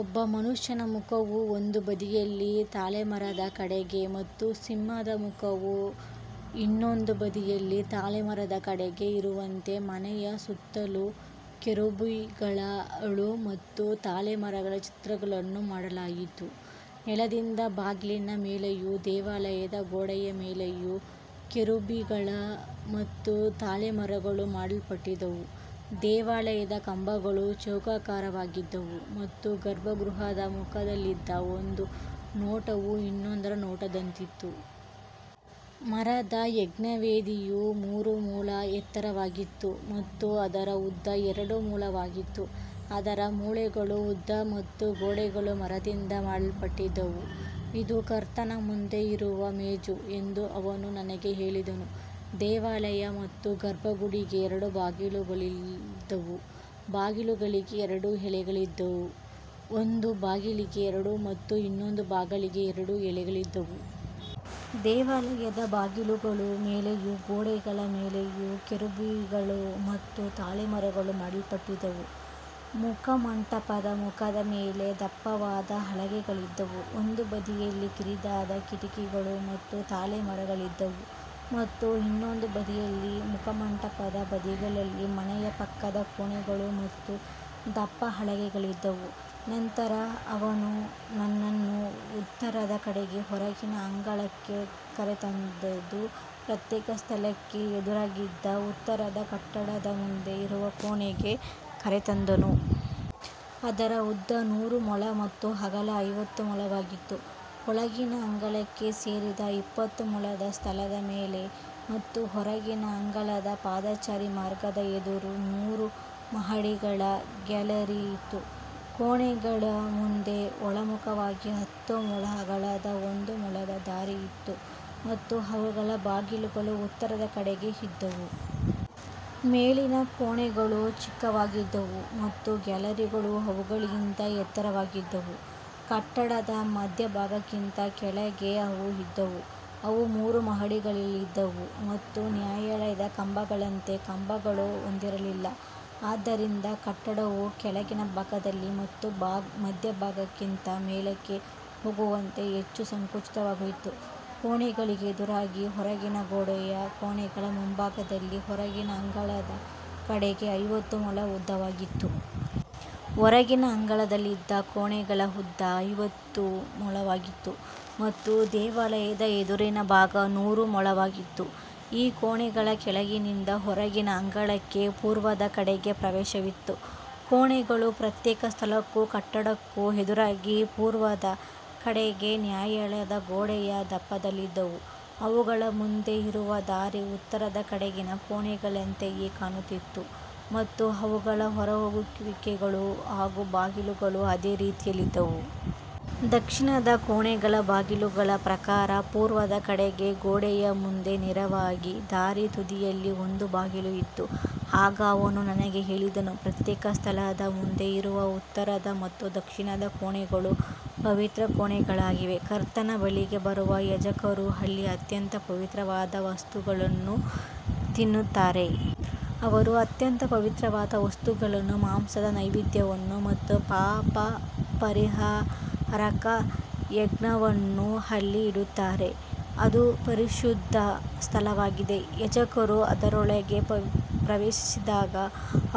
ಒಬ್ಬ ಮನುಷ್ಯನ ಮುಖವು ಒಂದು ಬದಿಯಲ್ಲಿ ತಾಳೆಮರದ ಕಡೆಗೆ ಮತ್ತು ಸಿಂಹದ ಮುಖವು ಇನ್ನೊಂದು ಬದಿಯಲ್ಲಿ ತಾಳೆಮರದ ಕಡೆಗೆ ಇರುವಂತೆ ಮನೆಯ ಸುತ್ತಲೂ ಕೆರೂಬಿಗಳು ಮತ್ತು ತಾಳೆಮರಗಳ ಚಿತ್ರಗಳನ್ನು ಮಾಡಲಾಗಿತ್ತು. ನೆಲದಿಂದ ಬಾಗಿಲಿನ ಮೇಲೆಯೂ ದೇವಾಲಯದ ಗೋಡೆಯ ಮೇಲೆಯೂ ಕೆರೂಬಿಗಳು ಮತ್ತು ತಾಳೆಮರಗಳು ಮಾಡಲ್ಪಟ್ಟಿದ್ದವು. ದೇವಾಲಯದ ಕಂಬಗಳು ಚೌಕಾಕಾರವಾಗಿದ್ದವು ಮತ್ತು ಗರ್ಭಗೃಹದ ಮುಖದಲ್ಲಿದ್ದ ಒಂದು ನೋಟವು ಇನ್ನೊಂದರ ನೋಟದಂತಿತ್ತು. ಮರದ ಯಜ್ಞವೇದಿಯು ಮೂರು ಮೊಳ ಎತ್ತರವಾಗಿತ್ತು ಮತ್ತು ಅದರ ಉದ್ದ ಎರಡು ಮೊಳವಾಗಿತ್ತು. ಅದರ ಮೂಲೆಗಳು, ಉದ್ದ ಮತ್ತು ಗೋಡೆಗಳು ಮರದಿಂದ ಮಾಡಲ್ಪಟ್ಟಿದ್ದವು. ಇದು ಕರ್ತನ ಮುಂದೆ ಇರುವ ಮೇಜು ಎಂದು ಅವನು ನನಗೆ ಹೇಳಿದನು. ದೇವಾಲಯ ಮತ್ತು ಗರ್ಭಗುಡಿಗೆ ಎರಡು ಬಾಗಿಲುಗಳಿದ್ದವು. ಬಾಗಿಲುಗಳಿಗೆ ಎರಡು ಎಲೆಗಳಿದ್ದು, ಒಂದು ಬಾಗಿಲಿಗೆ ಎರಡು ಮತ್ತು ಇನ್ನೊಂದು ಬಾಗಿಲಿಗೆ ಎರಡು ಎಲೆಗಳಿದ್ದವು. ದೇವಾಲಯದ ಬಾಗಿಲುಗಳ ಮೇಲೆಯೂ ಗೋಡೆಗಳ ಮೇಲೆಯೂ ಕೆರೂಬಿಗಳು ಮತ್ತು ತಾಳೆಮರಗಳು ಮಾಡಲ್ಪಟ್ಟಿದ್ದವು. ಮುಖಮಂಟಪದ ಮುಖದ ಮೇಲೆ ದಪ್ಪವಾದ ಹಲಗೆಗಳಿದ್ದವು. ಒಂದು ಬದಿಯಲ್ಲಿ ಕಿರಿದಾದ ಕಿಟಕಿಗಳು ಮತ್ತು ತಾಳೆಮರಗಳಿದ್ದವು ಮತ್ತು ಇನ್ನೊಂದು ಬದಿಯಲ್ಲಿ ಮುಖಮಂಟಪದ ಬದಿಗಳಲ್ಲಿ ಮನೆಯ ಪಕ್ಕದ ಕೋಣೆಗಳು ಮತ್ತು ದಪ್ಪ ಹಲಗೆಗಳಿದ್ದವು. ನಂತರ ಅವನು ನನ್ನನ್ನು ಉತ್ತರದ ಕಡೆಗೆ ಹೊರಗಿನ ಅಂಗಳಕ್ಕೆ ಕರೆತಂದು, ಪ್ರತ್ಯೇಕ ಸ್ಥಳಕ್ಕೆ ಎದುರಾಗಿದ್ದ ಉತ್ತರದ ಕಟ್ಟಡದ ಮುಂದೆ ಇರುವ ಕೋಣೆಗೆ ಕರೆತಂದನು. ಅದರ ಉದ್ದ ನೂರು ಮೊಳ ಮತ್ತು ಅಗಲ ಐವತ್ತು ಮೊಳವಾಗಿತ್ತು. ಒಳಗಿನ ಅಂಗಳಕ್ಕೆ ಸೇರಿದ ಇಪ್ಪತ್ತು ಮೊಳದ ಸ್ಥಳದ ಮೇಲೆ ಮತ್ತು ಹೊರಗಿನ ಅಂಗಳದ ಪಾದಚಾರಿ ಮಾರ್ಗದ ಎದುರು ಮೂರು ಮಹಡಿಗಳ ಗ್ಯಾಲರಿ ಇತ್ತು. ಕೋಣೆಗಳ ಮುಂದೆ ಒಳಮುಖವಾಗಿ ಹತ್ತು ಮೊಳ ಅಗಲದ ಒಂದು ಮೊಳದ ದಾರಿ ಇತ್ತು ಮತ್ತು ಅವುಗಳ ಬಾಗಿಲುಗಳು ಉತ್ತರದ ಕಡೆಗೆ ಇದ್ದವು. ಮೇಲಿನ ಕೋಣೆಗಳು ಚಿಕ್ಕವಾಗಿದ್ದವು ಮತ್ತು ಗ್ಯಾಲರಿಗಳು ಅವುಗಳಿಗಿಂತ ಎತ್ತರವಾಗಿದ್ದವು. ಕಟ್ಟಡದ ಮಧ್ಯಭಾಗಕ್ಕಿಂತ ಕೆಳಗೆ ಅವು ಇದ್ದವು. ಅವು ಮೂರು ಮಹಡಿಗಳಲ್ಲಿದ್ದವು ಮತ್ತು ನ್ಯಾಯಾಲಯದ ಕಂಬಗಳಂತೆ ಕಂಬಗಳನ್ನು ಹೊಂದಿರಲಿಲ್ಲ. ಆದ್ದರಿಂದ ಕಟ್ಟಡವು ಕೆಳಗಿನ ಭಾಗದಲ್ಲಿ ಮತ್ತು ಮಧ್ಯಭಾಗಕ್ಕಿಂತ ಮೇಲಕ್ಕೆ ಹೋಗುವಂತೆ ಹೆಚ್ಚು ಸಂಕುಚಿತವಾಗಿತ್ತು. ಕೋಣೆಗಳಿಗೆ ಎದುರಾಗಿ ಹೊರಗಿನ ಗೋಡೆಯು ಕೋಣೆಗಳ ಮುಂಭಾಗದಲ್ಲಿ ಹೊರಗಿನ ಅಂಗಳದ ಕಡೆಗೆ ಐವತ್ತು ಮೊಳ ಉದ್ದವಾಗಿತ್ತು. ಹೊರಗಿನ ಅಂಗಳದಲ್ಲಿದ್ದ ಕೋಣೆಗಳ ಉದ್ದ ಐವತ್ತು ಮೊಳವಾಗಿತ್ತು ಮತ್ತು ದೇವಾಲಯದ ಎದುರಿನ ಭಾಗ ನೂರು ಮೊಳವಾಗಿತ್ತು. ಈ ಕೋಣೆಗಳ ಕೆಳಗಿನಿಂದ ಹೊರಗಿನ ಅಂಗಳಕ್ಕೆ ಪೂರ್ವದ ಕಡೆಗೆ ಪ್ರವೇಶವಿತ್ತು. ಕೋಣೆಗಳು ಪ್ರತ್ಯೇಕ ಸ್ಥಳಕ್ಕೂ ಕಟ್ಟಡಕ್ಕೂ ಎದುರಾಗಿ ಪೂರ್ವದ ಕಡೆಗೆ ನ್ಯಾಯಾಲಯದ ಗೋಡೆಯ ದಪ್ಪದಲ್ಲಿದ್ದವು. ಅವುಗಳ ಮುಂದೆ ಇರುವ ದಾರಿ ಉತ್ತರದ ಕಡೆಗಿನ ಕೋಣೆಗಳಂತೆಯೇ ಕಾಣುತ್ತಿತ್ತು ಮತ್ತು ಅವುಗಳ ಹೊರಹೋಗುವಿಕೆಗಳು ಹಾಗೂ ಬಾಗಿಲುಗಳು ಅದೇ ರೀತಿಯಲ್ಲಿದ್ದವು. ದಕ್ಷಿಣದ ಕೋಣೆಗಳ ಬಾಗಿಲುಗಳ ಪ್ರಕಾರ ಪೂರ್ವದ ಕಡೆಗೆ ಗೋಡೆಯ ಮುಂದೆ ನೇರವಾಗಿ ದಾರಿಯ ತುದಿಯಲ್ಲಿ ಒಂದು ಬಾಗಿಲು ಇತ್ತು. ಆಗ ಅವನು ನನಗೆ ಹೇಳಿದನು, ಪ್ರತ್ಯೇಕ ಸ್ಥಳದ ಮುಂದೆ ಇರುವ ಉತ್ತರದ ಮತ್ತು ದಕ್ಷಿಣದ ಕೋಣೆಗಳು ಪವಿತ್ರ ಕೋಣೆಗಳಾಗಿವೆ. ಕರ್ತನ ಬಳಿಗೆ ಬರುವ ಯಾಜಕರು ಅಲ್ಲಿ ಅತ್ಯಂತ ಪವಿತ್ರವಾದ ವಸ್ತುಗಳನ್ನು ತಿನ್ನುತ್ತಾರೆ. ಅವರು ಅತ್ಯಂತ ಪವಿತ್ರವಾದ ವಸ್ತುಗಳನ್ನು, ಮಾಂಸದ ನೈವೇದ್ಯವನ್ನು ಮತ್ತು ಪಾಪಪರಿಹಾರಕ ಯಜ್ಞವನ್ನು ಅಲ್ಲಿ ಇಡುತ್ತಾರೆ. ಅದು ಪರಿಶುದ್ಧ ಸ್ಥಳವಾಗಿದೆ. ಯಾಜಕರು ಅದರೊಳಗೆ ಪ್ರವೇಶಿಸಿದಾಗ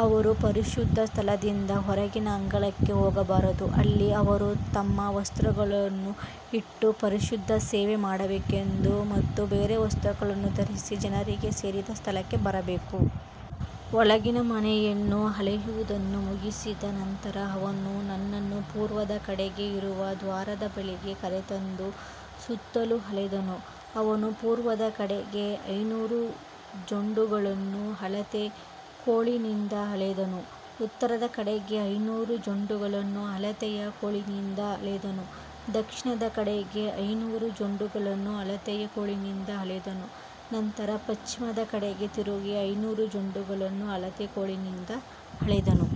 ಅವರು ಪರಿಶುದ್ಧ ಸ್ಥಳದಿಂದ ಹೊರಗಿನ ಅಂಗಳಕ್ಕೆ ಹೋಗಬಾರದು. ಅಲ್ಲಿ ಅವರು ತಮ್ಮ ವಸ್ತ್ರಗಳನ್ನು ಇಟ್ಟು ಪರಿಶುದ್ಧ ಸೇವೆ ಮಾಡಬೇಕು ಮತ್ತು ಬೇರೆ ವಸ್ತ್ರಗಳನ್ನು ಧರಿಸಿ ಜನರಿಗೆ ಸೇರಿದ ಸ್ಥಳಕ್ಕೆ ಬರಬೇಕು. ಒಳಗಿನ ಮನೆಯನ್ನು ಅಳೆಯುವುದನ್ನು ಮುಗಿಸಿದ ನಂತರ ಅವನು ನನ್ನನ್ನು ಪೂರ್ವದ ಕಡೆಗೆ ಇರುವ ದ್ವಾರದ ಬಳಿಗೆ ಕರೆತಂದು ಸುತ್ತಲೂ ಅಳೆದನು. ಅವನು ಪೂರ್ವದ ಕಡೆ ಐನೂರು ಜೊಂಡುಗಳನ್ನು ಅಳತೆಯ ಕೋಲಿನಿಂದ ಅಳೆದನು. ಉತ್ತರದ ಕಡೆ ಐನೂರು ಜೊಂಡುಗಳನ್ನು ಅಳತೆಯ ಕೋಲಿನಿಂದ ಅಳೆದನು. ದಕ್ಷಿಣದ ಕಡೆ ಐನೂರು ಜೊಂಡುಗಳನ್ನು ಅಳತೆಯ ಕೋಲಿನಿಂದ ಅಳೆದನು. ನಂತರ ಪಶ್ಚಿಮದ ಕಡೆಗೆ ತಿರುಗಿ ಐನೂರು ಜೊಂಡುಗಳನ್ನು ಅಳತೆಯ ಕೋಲಿನಿಂದ ಅಳೆದನು.